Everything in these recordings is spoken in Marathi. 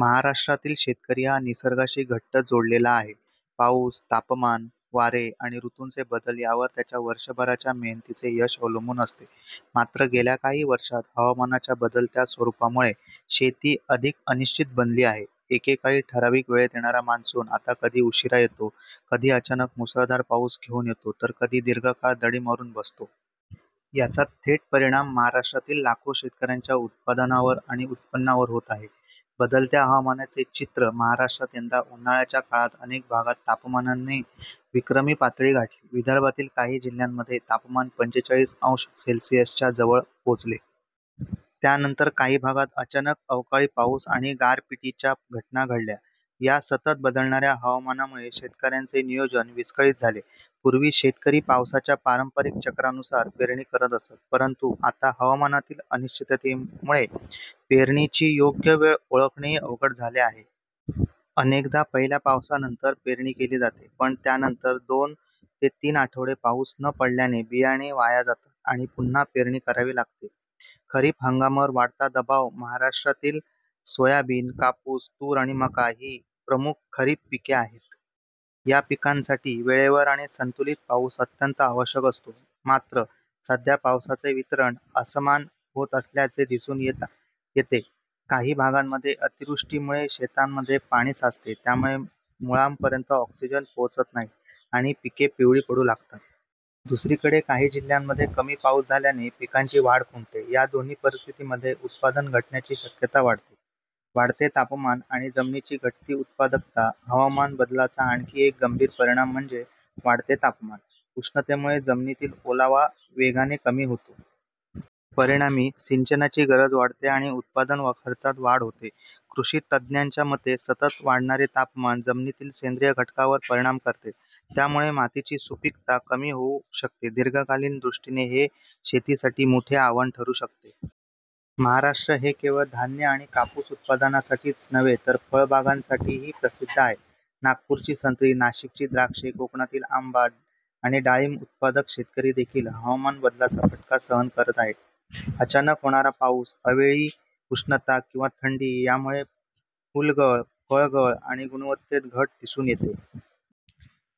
महाराष्ट्रातील शेतकरी हा निसर्गाशी घट्ट जोडलेला आहे. पाऊस, तापमान, वारे आणि ऋतूंचे बदल यावरच त्याच्या वर्षभराच्या मेहनतीचे यश अवलंबून असते. मात्र गेल्या काही वर्षांत हवामानाच्या बदलत्या स्वरूपामुळे शेती अधिक अनिश्चित बनली आहे. एकेकाळी ठराविक वेळेत येणारा मान्सून आता कधी उशिरा येतो, कधी अचानक मुसळधार पाऊस घेऊन येतो, तर कधी दीर्घ काळ दडी मारून बसतो. याचा थेट परिणाम महाराष्ट्रातील लाखो शेतकऱ्यांच्या उत्पादनावर आणि उत्पन्नावर होत आहे. बदलत्या हवामानाचे चित्र महाराष्ट्रात यंदा उन्हाळ्याच्या काळात अनेक भागांमध्ये तापमानाने विक्रमी पातळी गाठली. विदर्भातील काही जिल्ह्यांमध्ये तापमान पंचेचाळीस अंश सेल्सिअसच्या जवळ पोहोचले. त्यानंतर काही भागांत अचानक अवकाळी पाऊस आणि गारपिटीच्या घटना घडल्या. या सतत बदलणाऱ्या हवामानामुळे शेतकऱ्यांचे नियोजन विस्कळीत झाले. पूर्वी शेतकरी पावसाच्या पारंपरिक चक्रानुसार पेरणी करत असत. परंतु आता हवामानातील अनिश्चिततेमुळे पेरणीची योग्य वेळ ओळखणेही अवघड झाले आहे. अनेकदा पहिल्या पावसानंतर पेरणी केली जाते, पण त्यानंतर दोन ते तीन आठवडे पाऊस न पडल्याने बियाणे वाया जातात. आणि पुन्हा पेरणी करावी लागते. खरीप हंगामावर वाढता दबाव महाराष्ट्रातील सोयाबीन, कापूस, तूर आणि मका ही प्रमुख खरीप पिके आहेत. या पिकांसाठी वेळेवर आणि संतुलित पाऊस अत्यंत आवश्यक असतो. मात्र सध्या पावसाचे वितरण असमान होत असल्याचे दिसून येते. काही भागांमध्ये अतिवृष्टीमुळे शेतांमध्ये पाणी साचते. त्यामुळे मुळांपर्यंत ऑक्सिजन पोहोचत नाही आणि पिके पिवळी पडू लागतात. दुसरीकडे काही जिल्ह्यांमध्ये कमी पाऊस झाल्याने पिकांची वाढ खुंटते. या दोन्ही परिस्थितींमध्ये उत्पादन घटण्याची शक्यता वाढते. वाढते तापमान आणि जमिनीची घटती उत्पादकता हवामान बदलाचा आणखी एक गंभीर परिणाम म्हणजे वाढते तापमान. उष्णतेमुळे जमिनीतील ओलावा वेगाने कमी होतो. परिणामी सिंचनाची गरज वाढते आणि उत्पादन खर्चात वाढ होते. कृषी तज्ज्ञांच्या मते, सतत वाढणारे तापमान जमिनीतील सेंद्रिय घटकांवर परिणाम करते. यामुळे मातीची सुपीकता कमी होऊ शकते. दीर्घकालीन दृष्टीने हे शेतीसाठी मोठे आव्हान ठरू शकते. महाराष्ट्र हे केवळ धान्य आणि कापूस उत्पादनासाठीच नव्हे तर फळबागांसाठीही प्रसिद्ध आहे. नागपूरची संत्री, नाशिकची द्राक्षे, कोकणातील आंबा आणि डाळिंब उत्पादक शेतकरी देखील हवामान बदलाचा फटका सहन करत आहेत. अचानक होणारा पाऊस, अवेळी उष्णता किंवा थंडी यामुळे फुलगळ, फळगळ आणि गुणवत्तेत घट दिसून येते.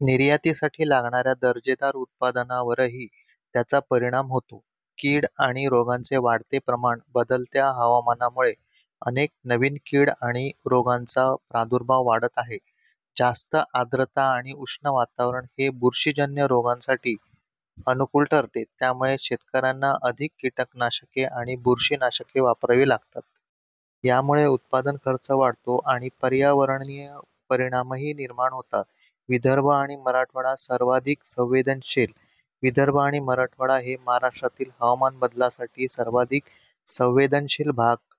निर्यातीसाठी लागणाऱ्या दर्जेदार उत्पादनावरही त्याचा परिणाम होतो. कीड आणि रोगांचे वाढते प्रमाण बदलत्या हवामानामुळे अनेक नवीन कीड आणि रोगांचा प्रादुर्भाव वाढत आहे. जास्त आर्द्रता आणि उष्ण वातावरण हे बुरशीजन्य रोगांसाठी अनुकूल ठरते. त्यामुळे शेतकऱ्यांना अधिक कीटकनाशके आणि बुरशीनाशके वापरावी लागतात. यामुळे उत्पादन खर्च वाढतो आणि पर्यावरणीय परिणामही निर्माण होतात. विदर्भ आणि मराठवाडा सर्वाधिक संवेदनशील विदर्भ आणि मराठवाडा हे महाराष्ट्रातील हवामान बदलासाठी सर्वाधिक संवेदनशील भाग--